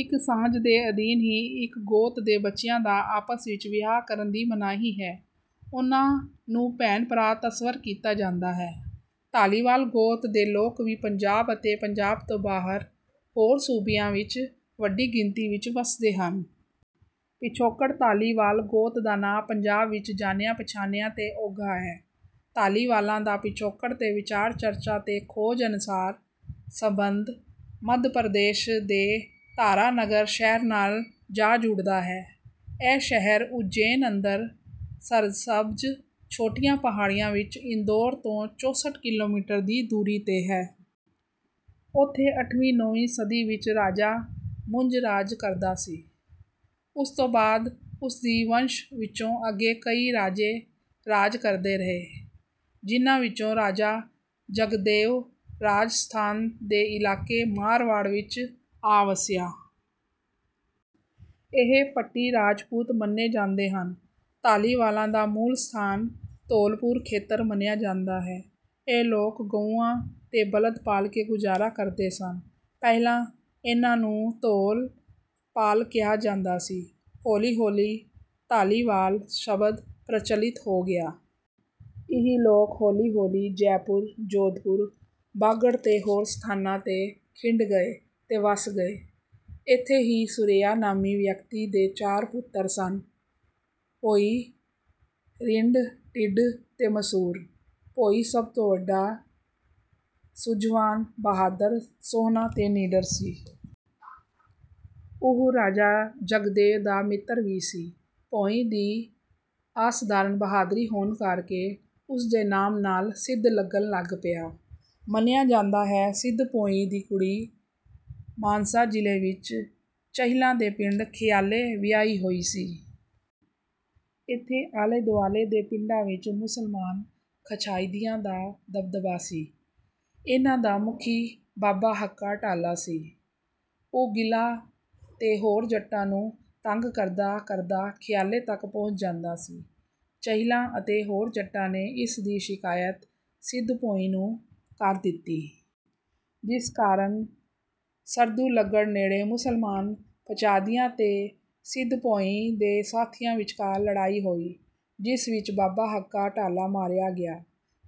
ਇਸ ਸਾਂਝ ਦੇ ਅਧੀਨ ਹੀ ਇੱਕ ਗੋਤ ਦੇ ਬੱਚਿਆਂ ਦਾ ਆਪਸ ਵਿੱਚ ਵਿਆਹ ਕਰਨ ਦੀ ਮਨਾਹੀ ਹੈ। ਉਨ੍ਹਾਂ ਨੂੰ ਭੈਣ ਭਰਾ ਤਸੱਵਰ ਕੀਤਾ ਜਾਂਦਾ ਹੈ। ਧਾਲੀਵਾਲ ਗੋਤ ਦੇ ਲੋਕ ਵੀ ਪੰਜਾਬ ਅਤੇ ਪੰਜਾਬ ਤੋਂ ਬਾਹਰ ਹੋਰ ਸੂਬਿਆਂ ਵਿੱਚ ਵੱਡੀ ਗਿਣਤੀ ਵਿੱਚ ਵਸਦੇ ਹਨ। ਪਿਛੋਕੜ ਧਾਲੀਵਾਲ ਗੋਤ ਦਾ ਨਾਂ ਪੰਜਾਬ ਵਿੱਚ ਜਾਣਿਆ ਪਛਾਣਿਆ ਤੇ ਉੱਘਾ ਹੈ। ਧਾਲੀਵਾਲਾਂ ਦਾ ਪਿਛੋਕੜ ਤੇ ਵਿਚਾਰ ਚਰਚਾ ਤੇ ਖੋਜ ਅਨੁਸਾਰ ਸੰਬੰਧ ਮੱਧ ਪ੍ਰਦੇਸ਼ ਦੇ ਧਾਰਾ ਨਗਰ ਸ਼ਹਿਰ ਨਾਲ ਜਾ ਜੁੜਦਾ ਹੈ। ਇਹ ਸ਼ਹਿਰ ਉਜੈਨ ਅੰਦਰ ਸਰਸ਼ਬਜ ਛੋਟੀਆਂ ਪਹਾੜੀਆਂ ਵਿੱਚ ਇੰਦੋਰ ਤੋਂ ਚੌਸਠ ਕਿਲੋਮੀਟਰ ਦੀ ਦੂਰੀ ਤੇ ਹੈ। ਉਥੇ ਅੱਠਵੀਂ ਨੌਵੀਂ ਸਦੀ ਵਿੱਚ ਰਾਜਾ ਮੁੰਜ ਰਾਜ ਕਰਦਾ ਸੀ। ਉਸ ਤੋਂ ਬਾਅਦ ਉਸ ਦੀ ਵੰਸ਼ ਵਿੱਚੋਂ ਅੱਗੇ ਕਈ ਰਾਜੇ ਰਾਜ ਕਰਦੇ ਰਹੇ। ਜਿਹਨਾਂ ਵਿੱਚੋਂ ਰਾਜਾ ਜਗਦੇਉ ਰਾਜਸਥਾਨ ਦੇ ਇਲਾਕੇ ਮਾਰਵਾੜ ਵਿੱਚ ਆ ਵਸਿਆ। ਇਹ ਭੱਟੀ ਰਾਜਪੂਤ ਮੰਨੇ ਜਾਂਦੇ ਹਨ। ਧਾਲੀਵਾਲਾਂ ਦਾ ਮੂਲ ਸਥਾਨ ਧੌਲਪੁਰ ਖੇਤਰ ਮੰਨਿਆ ਜਾਂਦਾ ਹੈ। ਇਹ ਲੋਕ ਗਊਆਂ ਤੇ ਬਲਦ ਪਾਲ ਕੇ ਗੁਜਾਰਾ ਕਰਦੇ ਸਨ ਪਹਿਲਾਂ ਇਹਨਾਂ ਨੂੰ ਧੌਲਪਾਲ ਕਿਹਾ ਜਾਂਦਾ ਸੀ। ਹੌਲੀ ਹੌਲੀ ਧਾਲੀਵਾਲ ਸ਼ਬਦ ਪ੍ਰਚਲਿਤ ਹੋ ਗਿਆ। ਇਹ ਲੋਕ ਹੌਲੀ ਹੌਲੀ ਜੈਪੁਰ ਜੋਧਪੁਰ ਬਾਗੜ ਤੇ ਹੋਰ ਸਥਾਨਾਂ ਤੇ ਖਿੰਡ ਗਏ ਤੇ ਵਸ ਗਏ। ਇੱਥੇ ਹੀ ਸੁਰੇਆ ਨਾਮੀ ਵਿਅਕਤੀ ਦੇ ਚਾਰ ਪੁੱਤਰ ਸਨ ਭੋਇੰ ਰਿੰਡ ਟਿੱਡ ਤੇ ਮਸੂਰ। ਭੋਇੰ ਸਭ ਤੋਂ ਵੱਡਾ ਸੂਝਵਾਨ ਬਹਾਦਰ ਸੋਹਣਾ ਤੇ ਨਿੱਡਰ ਸੀ। ਉਹ ਰਾਜਾ ਜਗਦੇਉ ਦਾ ਮਿੱਤਰ ਵੀ ਸੀ। ਭੋਇੰ ਦੀ ਅਸਾਧਾਰਨ ਬਹਾਦਰੀ ਹੋਣ ਕਰ ਕੇ ਉਸ ਦੇ ਨਾਮ ਨਾਲ ਸਿੱਧ ਲੱਗਣ ਲੱਗ ਪਿਆ। ਮੰਨਿਆ ਜਾਂਦਾ ਹੈ ਸਿੱਧ ਭੋਇੰ ਦੀ ਕੁੜੀ ਮਾਨਸਾ ਜਿਲ੍ਹੇ ਵਿੱਚ ਚਹਿਲਾਂ ਦੇ ਪਿੰਡ ਖਿਆਲੇ ਵਿਆਹੀ ਹੋਈ ਸੀ। ਇੱਥੇ ਆਲੇ ਦੁਆਲੇ ਦੇ ਪਿੰਡਾਂ ਵਿੱਚ ਮੁਸਲਮਾਨ ਖੱਚਾਹਦਿਆਂ ਦਾ ਦਬਦਬਾ ਸੀ। ਇਹਨਾਂ ਦਾ ਮੁਖੀ ਬਾਬਾ ਹੱਕਾ ਡਾਲਾ ਸੀ। ਉਹ ਗਿੱਲਾਂ ਤੇ ਹੋਰ ਜੱਟਾਂ ਨੂੰ ਤੰਗ ਕਰਦਾ ਕਰਦਾ ਖਿਆਲੇ ਤੱਕ ਪਹੁੰਚ ਜਾਂਦਾ ਸੀ। ਚਹਿਲਾਂ ਅਤੇ ਹੋਰ ਜੱਟਾਂ ਨੇ ਇਸ ਦੀ ਸ਼ਿਕਾਇਤ ਸਿੱਧ ਭੋਇੰ ਨੂੰ ਕਰ ਦਿੱਤੀ। ਜਿਸ ਕਾਰਨ ਸਰਦੂਲਗੜ੍ਹ ਨੇੜੇ ਮੁਸਲਮਾਨ ਪਚਾਹਦਿਆਂ ਤੇ ਸਿੱਧ ਭੋਇੰ ਦੇ ਸਾਥੀਆਂ ਵਿਚਕਾਰ ਲੜਾਈ ਹੋਈ ਜਿਸ ਵਿੱਚ ਬਾਬਾ ਹੱਕਾ ਡਾਲਾ ਮਾਰਿਆ ਗਿਆ।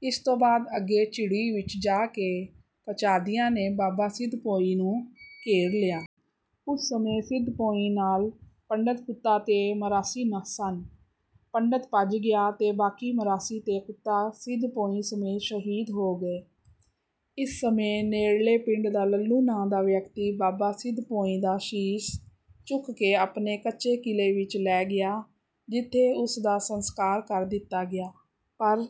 ਇਸ ਤੋਂ ਬਾਅਦ ਅੱਗੇ ਝਿੜੀ ਵਿੱਚ ਜਾ ਕੇ ਪਚਾਹਦਿਆਂ ਨੇ ਬਾਬਾ ਸਿੱਧ ਭੋਇੰ ਨੂੰ ਘੇਰ ਲਿਆ। ਉਸ ਸਮੇਂ ਸਿੱਧ ਭੋਇੰ ਨਾਲ ਪੰਡਤ ਕੁੱਤਾ ਅਤੇ ਮਰਾਸੀ ਸਨ। ਪੰਡਤ ਭੱਜ ਗਿਆ ਤੇ ਬਾਕੀ ਮਰਾਸੀ ਤੇ ਕੁੱਤਾ ਸਿੱਧ ਭੋਇੰ ਸਮੇਤ ਸ਼ਹੀਦ ਹੋ ਗਏ। ਇਸ ਸਮੇਂ ਨੇੜਲੇ ਪਿੰਡ ਦਾ ਲੱਲੂ ਨਾਂ ਦਾ ਵਿਅਕਤੀ ਬਾਬਾ ਸਿੱਧ ਭੋਇੰ ਦਾ ਸੀਸ ਚੁੱਕ ਕੇ ਆਪਣੇ ਕੱਚੇ ਕਿਲ੍ਹੇ ਵਿੱਚ ਲੈ ਗਿਆ ਜਿੱਥੇ ਉਸ ਦਾ ਸੰਸਕਾਰ ਕਰ ਦਿੱਤਾ ਗਿਆ। ਪਰ